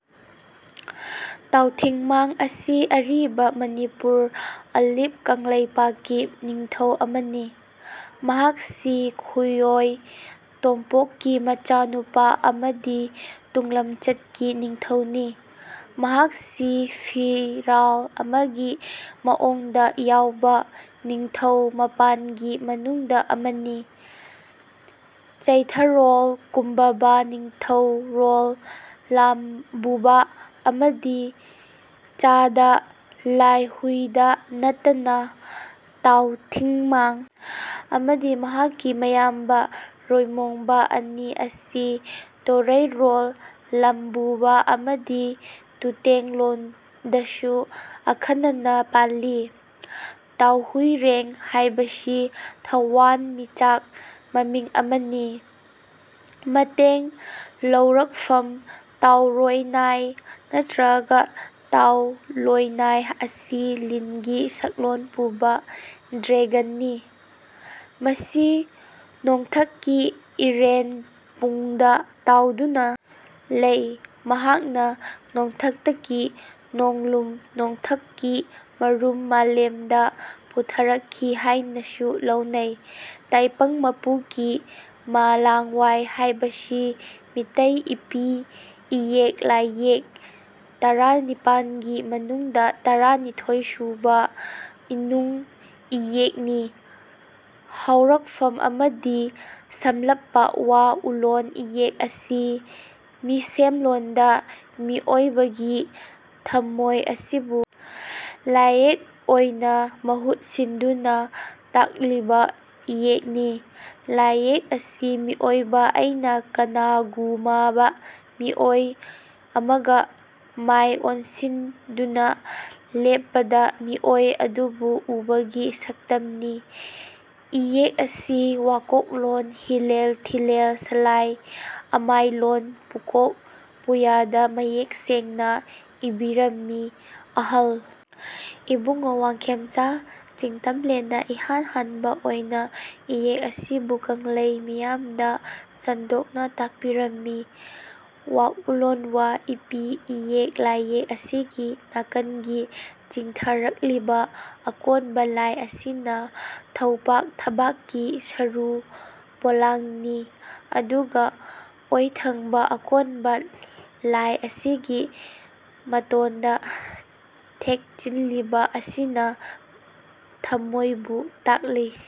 ꯇꯥꯎꯊꯤꯡꯃꯥꯡ ꯑꯁꯤ ꯑꯔꯤꯕ ꯃꯅꯤꯄꯨꯔ ꯑꯂꯤꯞ ꯀꯪꯂꯩꯄꯥꯛꯀꯤ ꯅꯤꯡꯊꯧ ꯑꯃꯅꯤ꯫ ꯃꯍꯥꯛꯁꯤ ꯈꯨꯌꯣꯢ ꯇꯣꯝꯄꯣꯛꯀꯤ ꯃꯆꯥꯅꯨꯄꯥ ꯑꯃꯗꯤ ꯇꯨꯡꯂꯝꯆꯠꯀꯤ ꯅꯤꯡꯊꯧꯅꯤ꯫ ꯃꯍꯥꯛꯁꯤ ꯐꯤꯔꯥꯜ ꯑꯃꯒꯤ ꯃꯑꯣꯡꯗ ꯌꯥꯎꯕ ꯅꯤꯡꯊꯧ ꯃꯥꯄꯟꯒꯤ ꯃꯅꯨꯡꯗ ꯑꯃꯅꯤ꯫ ꯆꯩꯊꯥꯔꯣꯜ ꯀꯨꯝꯕꯥꯕ ꯅꯤꯡꯊꯧꯔꯣꯜ ꯂꯝꯕꯨꯕ ꯑꯃꯗꯤ ꯆꯗꯥ ꯂꯥꯢꯍꯨꯢꯗ ꯅꯠꯇꯅ ꯇꯥꯎꯊꯤꯡꯃꯥꯡ ꯑꯃꯗꯤ ꯃꯍꯥꯛꯀꯤ ꯃꯌꯥꯝꯕ ꯌꯣꯢꯃꯣꯡꯕ ꯑꯅꯤ ꯑꯁꯤ ꯇꯣꯔꯩꯔꯣꯜ ꯂꯝꯕꯨꯕ ꯑꯃꯗꯤ ꯇꯨꯇꯦꯡꯂꯣꯟꯗꯁꯨ ꯑꯈꯟꯅꯅ ꯄꯜꯂꯤ꯫ ꯇꯥꯎꯍꯨꯢꯔꯦꯡ ꯍꯥꯏꯕꯁꯤ ꯊꯋꯥꯟꯃꯤꯆꯥꯛ ꯃꯃꯤꯡ ꯑꯃꯅꯤ꯫ ꯃꯇꯦꯡ ꯂꯧꯔꯛꯐꯝ ꯇꯥꯎꯔꯣꯢꯅꯥꯢ ꯅꯠꯇ꯭ꯔꯒ ꯇꯥꯎꯂꯣꯢꯅꯥꯢ ꯑꯁꯤ ꯂꯤꯟ ꯒꯤ ꯁꯛꯂꯣꯟ ꯄꯨꯕ ꯗ꯭ꯔꯦꯒꯟ ꯅꯤ꯫ ꯃꯁꯤ ꯅꯣꯡꯊꯛꯀꯤ ꯏꯔꯦꯟꯄꯨꯡꯗ ꯇꯥꯎꯗꯨꯅ ꯂꯩ꯫ ꯃꯍꯥꯛꯅ ꯅꯣꯡꯊꯛꯇꯀꯤ ꯅꯣꯡꯂꯨꯝ ꯅꯣꯡꯊꯛꯀꯤ ꯃꯔꯨꯝ ꯃꯥꯂꯦꯝꯗ ꯄꯨꯊꯔꯛꯈꯤ ꯍꯥꯢꯅꯁꯨ ꯂꯧꯅꯩ꯫ ꯇꯥꯏꯄꯪꯃꯄꯨꯀꯤ ꯃꯥꯂꯪꯋꯥꯏ ꯍꯥꯏꯕꯁꯤ ꯃꯤꯇꯩ ꯏꯄꯤ ꯏꯌꯦꯛ ꯂꯥꯏꯌꯦꯛ ꯇꯔꯥꯅꯤꯄꯥꯟꯒꯤ ꯃꯅꯨꯡꯗ ꯇꯔꯥꯅꯤꯊꯣꯏꯁꯨꯕ ꯏꯅꯨꯡ ꯏꯌꯦꯛꯅꯤ꯫ ꯍꯧꯔꯛꯐꯝ ꯑꯃꯗꯤ ꯁꯝꯂꯞꯄ ꯋꯥ ꯎꯂꯣꯟ ꯏꯌꯦꯛ ꯑꯁꯤ ꯃꯤꯁꯦꯝꯂꯣꯟꯗ ꯃꯤꯑꯣꯏꯕꯒꯤ ꯊꯥꯃꯣꯏ ꯑꯁꯤꯕꯨ ꯂꯥꯏꯌꯦꯛ ꯑꯣꯏꯅ ꯃꯍꯨꯠ ꯁꯤꯟꯗꯨꯅ ꯇꯥꯛꯂꯤꯕ ꯏꯌꯦꯛꯅꯤ꯫ ꯂꯥꯏꯌꯦꯛ ꯑꯁꯤ ꯃꯤꯑꯣꯏꯕ ꯑꯩꯅ ꯀꯅꯥꯒꯨꯃꯕ ꯃꯤꯑꯣꯏ ꯑꯃꯒ ꯃꯥꯏ ꯑꯣꯟꯁꯤꯟꯗꯨꯅ ꯂꯦꯞꯄꯗ ꯃꯤꯑꯣꯏ ꯑꯗꯨꯕꯨ ꯎꯕꯒꯤ ꯁꯛꯇꯝꯅꯤ꯫ ꯏꯌꯦꯛ ꯑꯁꯤ ꯋꯥꯀꯣꯛꯂꯣꯟ ꯍꯤꯂꯦꯜ ꯊꯤꯂꯦꯜ ꯁꯂꯥꯏ ꯑꯃꯥꯏꯂꯣꯟ ꯄꯨꯀꯣꯛ ꯄꯨꯌꯥꯗ ꯃꯌꯦꯛ ꯁꯦꯡꯅ ꯏꯕꯤꯔꯝꯃꯤ꯫ ꯑꯍꯜ ꯏꯕꯨꯡꯉꯣ ꯋꯥꯡꯈꯦꯝꯆꯥ ꯆꯤꯡꯇꯝꯂꯦꯟꯅ ꯏꯍꯥꯟ ꯍꯥꯟꯕ ꯑꯣꯏꯅ ꯏꯌꯦꯛ ꯑꯁꯤꯕꯨ ꯀꯪꯂꯩ ꯃꯤꯌꯥꯝꯗ ꯁꯟꯗꯣꯛꯅ ꯇꯥꯛꯄꯤꯔꯝꯃꯤ꯫ ꯋꯥꯡꯎꯂꯣꯟ ꯋ ꯏꯄꯤ ꯏꯌꯦꯛ ꯂꯥꯏꯌꯦꯛ ꯑꯁꯤꯒꯤ ꯅꯥꯀꯟꯒꯤ ꯆꯤꯡꯊꯔꯛꯂꯤꯕ ꯑꯀꯣꯟꯕ ꯂꯥꯏ ꯑꯁꯤꯅ ꯊꯧꯄꯥꯛ ꯊꯕꯥꯛꯀꯤ ꯁꯔꯨ ꯄꯣꯂꯥꯡꯅꯤ ꯑꯗꯨꯒ ꯑꯣꯏꯊꯪꯕ ꯑꯀꯣꯟꯕ ꯂꯥꯏ ꯑꯁꯤꯒꯤ ꯃꯇꯣꯟꯗ ꯊꯦꯛꯆꯤꯟꯂꯤꯕ ꯑꯁꯤꯅ ꯊꯃꯣꯏꯕꯨ ꯇꯥꯛꯂꯤ꯫